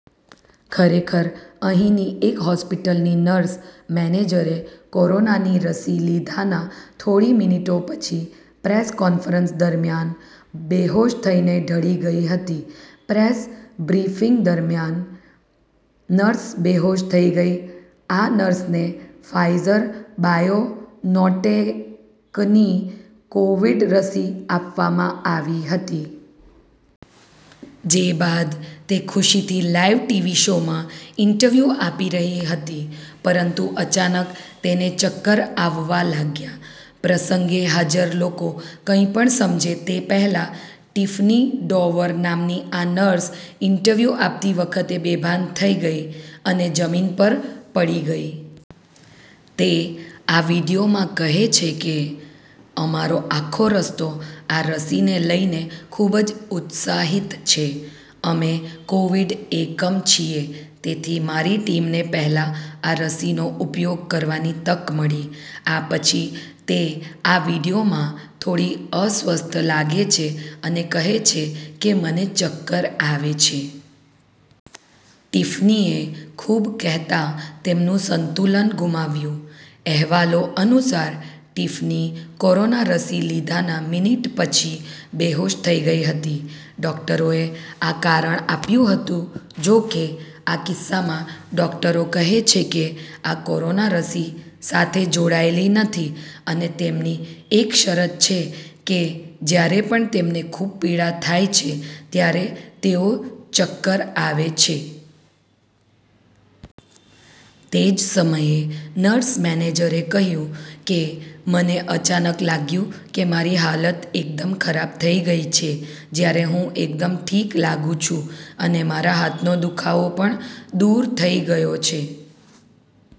ખરેખર, અહીંની એક હોસ્પિટલની નર્સ મેનેજરે કોરોનાની રસી લીધાના થોડી મિનિટો પછી પ્રેસ કોન્ફરન્સ દરમિયાન બેહોશ થઈને ઢળી ગઈ હતી. પ્રેસ બ્રીફિંગ દરમિયાન નર્સ બેહોશ થઈ ગઈ આ નર્સને ફાઇઝર બાયોનોટેકની કોવિડ રસી આપવામાં આવી હતી. જે બાદ તે ખુશીથી લાઇવ ટીવી શોમાં ઇન્ટરવ્યુ આપી રહી હતી. પરંતુ અચાનક તેને ચક્કર આવવા લાગ્યાં. પ્રસંગે હાજર લોકો કંઈપણ સમજે તે પહેલાં, ટિફની ડોવર નામની આ નર્સ ઇન્ટરવ્યૂ આપતી વખતે બેભાન થઈ ગઈ અને જમીન પર પડી ગઈ. તે આ વીડિયોમાં કહે છે કે અમારો આખો રસ્તો આ રસીને લઈને ખૂબ જ ઉત્સાહિત છે. અમે કોવિડ એકમ છીએ, તેથી મારી ટીમને પહેલાં આ રસીનો ઉપયોગ કરવાની તક મળી. આ પછી, તે આ વિડિઓમાં થોડી અસ્વસ્થ લાગે છે અને કહે છે કે મને ચક્કર આવે છે. ટિફનીએ ખૂબ કહેતા તેમનું સંતુલન ગુમાવ્યું. અહેવાલો અનુસાર, ટિફની કોરોના રસી લીધાના મિનિટ પછી બેહોશ થઈ ગઈ હતી. ડોક્ટરોએ આ કારણ આપ્યું હતું જોકે, આ કિસ્સામાં, ડોકટરો કહે છે કે, આ કોરોના રસી સાથે જોડાયેલી નથી અને તેમની એક શરત છે કે જ્યારે પણ તેમને ખૂબ પીડા થાય છે, ત્યારે તેઓ ચક્કર આવે છે. તે જ સમયે નર્સ મેનેજરે કહ્યું કે, મને અચાનક લાગ્યું કે મારી હાલત એકદમ ખરાબ થઈ ગઈ છે જ્યારે હું એકદમ ઠીક લાગું છું અને મારા હાથનો દુખાવો પણ દૂર થઈ ગયો છે.